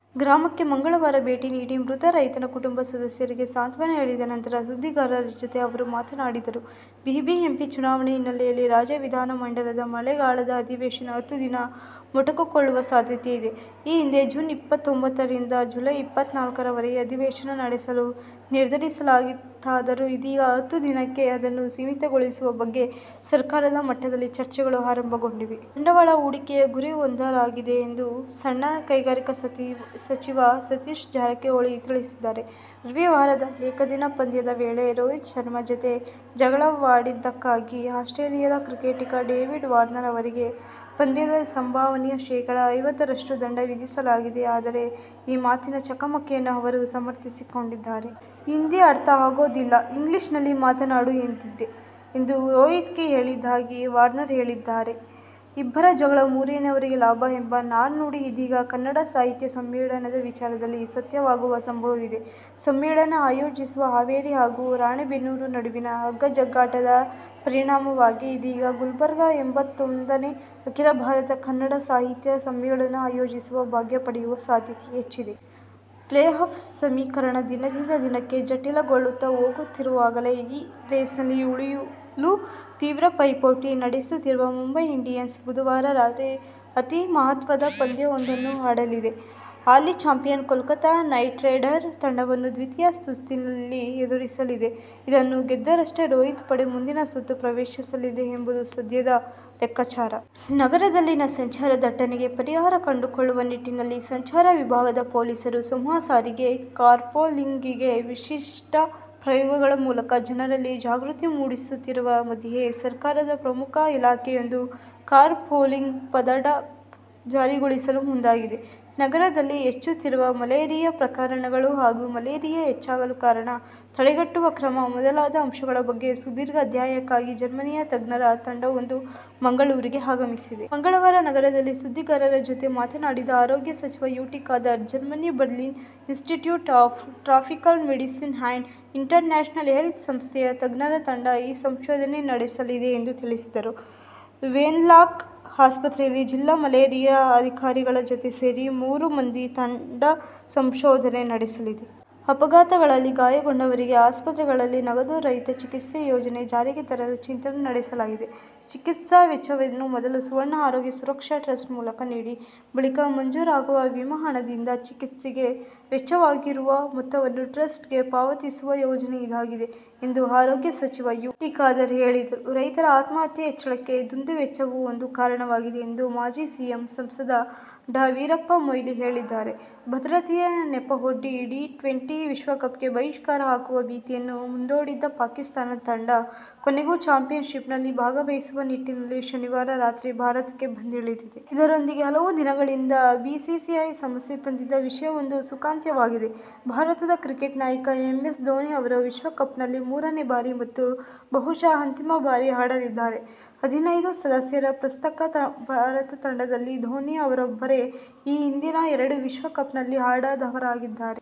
ಗ್ರಾಮಕ್ಕೆ ಮಂಗಳವಾರ ಭೇಟಿ ನೀಡಿ, ಮೃತ ರೈತನ ಕುಟುಂಬ ಸದಸ್ಯರಿಗೆ ಸಾಂತ್ವನ ಹೇಳಿದ ನಂತರ ಸುದ್ದಿಗಾರರ ಜತೆ ಅವರು ಮಾತನಾಡಿದರು. ಬಿಬಿಎಂಪಿ ಚುನಾವಣೆ ಹಿನ್ನೆಲೆಯಲ್ಲಿ ರಾಜ್ಯ ವಿಧಾನಮಂಡಲದ ಮಳೆಗಾಲದ ಅಧಿವೇಶನ ಹತ್ತು ದಿನ ಮೊಟಕುಗೊಳ್ಳುವ ಸಾಧ್ಯತೆಯಿದೆ. ಈ ಹಿಂದೆ ಜೂನ್ ಇಪ್ಪತ್ತೊಂಬತ್ತರಿಂದ ಜುಲೈ ಇಪ್ಪತ್ನಾಲ್ಕರವರೆಗೆ ಅಧಿವೇಶನ ನಡೆಸಲು ನಿರ್ಧರಿಸಲಾಗಿತ್ತಾದರೂ ಇದೀಗ ಹತ್ತು ದಿನಕ್ಕೆ ಅದನ್ನು ಸೀಮಿತಗೊಳಿಸುವ ಬಗ್ಗೆ ಸರ್ಕಾರದ ಮಟ್ಟದಲ್ಲಿ ಚರ್ಚೆಗಳು ಆರಂಭಗೊಂಡಿವೆ. ಬಂಡವಾಳ ಹೂಡಿಕೆಯ ಗುರಿ ಹೊಂದಲಾಗಿದೆ ಎಂದು ಸಣ್ಣ ಕೈಗಾರಿಕಾ ಸಚಿವ ಸತೀಶ್ ಜಾರಕಿಹೊಳಿ ತಿಳಿಸಿದ್ದಾರೆ. ರವಿವಾರದ ಏಕದಿನ ಪಂದ್ಯದ ವೇಳೆ ರೋಹಿತ್ ಶರ್ಮ ಜತೆ ಜಗಳಾಡಿದ್ದಕ್ಕಾಗಿ ಆಸ್ಟ್ರೇಲಿಯದ ಕ್ರಿಕೆಟಿಗ ಡೇವಿಡ್ ವಾರ್ನರ್ ಅವರಿಗೆ ಪಂದ್ಯದ ಸಂಭಾವನೆಯ ಶೇಖಡ ಐವತ್ತರಷ್ಟು ದಂಡ ವಿಧಿಸಲಾಗಿದೆ ಆದರೆ ಈ ಮಾತಿನ ಚಕಮಕಿಯನ್ನು ಅವರು ಸಮರ್ಥಿಸಿಕೊಂಡಿದ್ದಾರೆ. "ಹಿಂದಿ ಅರ್ಥ ಆಗೋದಿಲ್ಲ. ಇಂಗ್ಲಿಷ್ನಲ್ಲಿ ಮಾತನಾಡು ಎಂದಿದ್ದೆ' ಎಂದು ರೋಹಿತ್ಗೆ ಹೇಳಿದ್ದಾಗಿ ವಾರ್ನರ್ ಹೇಳಿದ್ದಾರೆ. ಇಬ್ಬರ ಜಗಳ ಮೂರನೆಯವರಿಗೆ ಲಾಭ ಎಂಬ ನಾಣ್ಣುಡಿ ಇದೀಗ ಕನ್ನಡ ಸಾಹಿತ್ಯ ಸಮ್ಮೇಳನದ ವಿಚಾರದಲ್ಲಿ ಸತ್ಯವಾಗುವ ಸಂಭವವಿದೆ. ಸಮ್ಮೇಳನ ಆಯೋಜಿಸಲು ಹಾವೇರಿ ಹಾಗೂ ರಾಣೆಬೆನ್ನೂರು ನಡುವಿನ ಹಗ್ಗ-ಜಗ್ಗಾಟದ ಪರಿಣಾಮವಾಗಿ ಇದೀಗ ಗುಲ್ಬರ್ಗ ಎಂಬತ್ತೊಂದನೇ ಅಖೀಲ ಭಾರತ ಕನ್ನಡ ಸಾಹಿತ್ಯ ಸಮ್ಮೇಳನ ಆಯೋಜಿಸುವ ಭಾಗ್ಯ ಪಡೆಯುವ ಸಾಧ್ಯತೆ ಹೆಚ್ಚಿದೆ. ಪ್ಲೇ-ಆಫ್ ಸಮೀಕರಣ ದಿನದಿಂದ ದಿನಕ್ಕೆ ಜಟಿಲಗೊಳ್ಳುತ್ತ ಹೋಗುತ್ತಿರುವಾಗಲೇ ಈ ರೇಸ್ನಲ್ಲಿ ಉಳಿಯಲು ತೀವ್ರ ಪೈಪೋಟಿ ನಡೆಸುತ್ತಿರುವ ಮುಂಬೈ ಇಂಡಿಯನ್ಸ್ ಬುಧವಾರ ರಾತ್ರಿ ಅತೀ ಮಹತ್ವದ ಪಂದ್ಯವೊಂದನ್ನು ಆಡಲಿದೆ. ಹಾಲಿ ಚಾಂಪಿಯನ್ ಕೋಲ್ಕತಾ ನೈಟ್ರೈಡರ್ ತಂಡವನ್ನು ದ್ವಿತೀಯ ಸುತ್ತಿನಲ್ಲಿ ಎದುರಿಸಲಿದೆ. ಇದನ್ನು ಗೆದ್ದರಷ್ಟೇ ರೋಹಿತ್ ಪಡೆ ಮುಂದಿನ ಸುತ್ತು ಪ್ರವೇಶಿಸಲಿದೆ ಎಂಬುದು ಸದ್ಯದ ಲೆಕ್ಕಾಚಾರ. ನಗರದಲ್ಲಿನ ಸಂಚಾರ ದಟ್ಟಣೆಗೆ ಪರಿಹಾರ ಕಂಡುಕೊಳ್ಳುವ ನಿಟ್ಟಿನಲ್ಲಿ ಸಂಚಾರ ವಿಭಾಗದ ಪೊಲೀಸರು ಸಮೂಹ ಸಾರಿಗೆ, ಕಾರ್ಪೂಲಿಂಗ್ಹೀಗೆ ವಿಶಿಷ್ಟ ಪ್ರಯೋಗಗಳ ಮೂಲಕ ಜನರಲ್ಲಿ ಜಾಗೃತಿ ಮೂಡಿಸುತ್ತಿರುವ ಮಧ್ಯೆಯೇ ಸರ್ಕಾರದ ಪ್ರಮುಖ ಇಲಾಖೆಯೊಂದು ಕಾರ್ ಪೂಲಿಂಗ್ ಪದಟಛಿತಿ ಜಾರಿಗೊಳಿಸಲು ಮುಂದಾಗಿದೆ. ನಗರದಲ್ಲಿ ಹೆಚ್ಚುತ್ತಿರುವ ಮಲೇರಿಯಾ ಪ್ರಕರಣಗಳು ಹಾಗೂ ಮಲೇರಿಯಾ ಹೆಚ್ಚಾಗಲು ಕಾರಣ, ತಡೆಗಟ್ಟುವ ಕ್ರಮ ಮೊದಲಾದ ಅಂಶಗಳ ಬಗ್ಗೆ ಸುದೀರ್ಘ ಅಧ್ಯಯನಕ್ಕಾಗಿ ಜರ್ಮನಿಯ ತಜ್ಞರ ತಂಡವೊಂದು ಮಂಗಳೂರಿಗೆ ಆಗಮಿಸಿದೆ. ಮಂಗಳವಾರ ನಗರದಲ್ಲಿ ಸುದ್ದಿಗಾರರ ಜತೆ ಮಾತನಾಡಿದ ಆರೋಗ್ಯ ಸಚಿವ ಯು. ಟಿ. ಖಾದರ್, ಜರ್ಮನಿ ಬರ್ಲಿನ್ನ Institute of Tropical Medicine and International Health ಸಂಸ್ಥೆಯ ತಜ್ಞರ ತಂಡ ಈ ಸಂಶೋಧನೆ ನಡೆಸಲಿದೆ ಎಂದು ತಿಳಿಸಿದರು. ವೆನ್ಲಾಕ್ ಆಸ್ಪತ್ರೆಯಲ್ಲಿ ಜಿಲ್ಲಾ ಮಲೇರಿಯಾ ಅಧಿಕಾರಿಗಳ ಜತೆ ಸೇರಿ ಮೂರು ಮಂದಿ ತಂಡ ಸಂಶೋಧನೆ ನಡೆಸಲಿದೆ. ಅಪಘಾತಗಳಲ್ಲಿ ಗಾಯಗೊಂಡವರಿಗೆ ಆಸ್ಪತ್ರೆಗಳಲ್ಲಿ ನಗದು ರಹಿತ ಚಿಕಿತ್ಸೆ ಯೋಜನೆ ಜಾರಿಗೆ ತರಲು ಚಿಂತನೆ ನಡೆಸಲಾಗಿದೆ. ಚಿಕಿತ್ಸಾ ವೆಚ್ಚವನ್ನು ಮೊದಲು ಸುವರ್ಣ ಆರೋಗ್ಯ ಸುರಕ್ಷಾ ಟ್ರಸ್ಟ್ ಮೂಲಕ ನೀಡಿ ಬಳಿಕ ಮಂಜೂರಾಗುವ ವಿಮಾ ಹಣದಿಂದ ಚಿಕಿತ್ಸೆಗೆ ವೆಚ್ಚವಾಗಿರುವ ಮೊತ್ತವನ್ನು ಟ್ರಸ್ಟ್ ಗೆ ಪಾವತಿಸುವ ಯೋಜನೆ ಇದಾಗಿದೆ ಎಂದು ಆರೋಗ್ಯ ಸಚಿವ ಯು. ಟಿ. ಖಾದರ್ ಹೇಳಿದರು. ರೈತರ ಆತ್ಮಹತ್ಯೆ ಹೆಚ್ಚಳಕ್ಕೆ ದುಂದುವೆಚ್ಚವೂ ಒಂದು ಕಾರಣವಾಗಿದೆ ಎಂದು ಮಾಜಿ ಸಿಎಂ, ಸಂಸದ ಡಾ. ವೀರಪ್ಪ ಮೊಯ್ಲಿ ಹೇಳಿದ್ದಾರೆ. ಭದ್ರತೆಯ ನೆಪವೊಡ್ಡಿ, ಟಿ ಟ್ವೆಂಟಿ ವಿಶ್ವಕಪ್ಗೆ ಬಹಿಷ್ಕಾರ ಹಾಕುವ ಭೀತಿಯನ್ನೂ ಮುಂದೊಡ್ಡಿದ್ದ ಪಾಕಿಸ್ತಾನ ತಂಡ, ಕೊನೆಗೂ ಚಾಂಪಿಯನ್ಶಿಪ್ನಲ್ಲಿ ಭಾಗವಹಿಸುವ ನಿಟ್ಟಿನಲ್ಲಿ ಶನಿವಾರ ರಾತ್ರಿ ಭಾರತಕ್ಕೆ ಬಂದಿಳಿದಿದೆ. ಇದರೊಂದಿಗೆ ಹಲವು ದಿನಗಳಿಂದ ಬಿಸಿಸಿಐಗೆ ಸಮಸ್ಯೆ ತಂದಿದ್ದ ವಿಷಯವೊಂದು ಸುಖಾಂತ್ಯವಾಗಿದೆ. ಭಾರತದ ಕ್ರಿಕೆಟ್ ನಾಯಕ ಎಂ. ಎಸ್. ಧೋನಿ ಅವರು ವಿಶ್ವಕಪ್ನಲ್ಲಿ ಮೂರನೆ ಬಾರಿ ಮತ್ತು ಬಹುಶಃ ಅಂತಿಮ ಬಾರಿ ಆಡಲಿದ್ದಾರೆ. ಹದಿನೈದು ಸದಸ್ಯರ ಪ್ರಸಕ್ತ ಭಾರತ ತಂಡದಲ್ಲಿ ಧೋನಿ ಅವರೊಬ್ಬರೇ ಈ ಹಿಂದಿನ ಎರಡು ವಿಶ್ವಕಪ್ಗ್ಳಲ್ಲಿ ಆಡಿದವರಾಗಿದ್ದಾರೆ.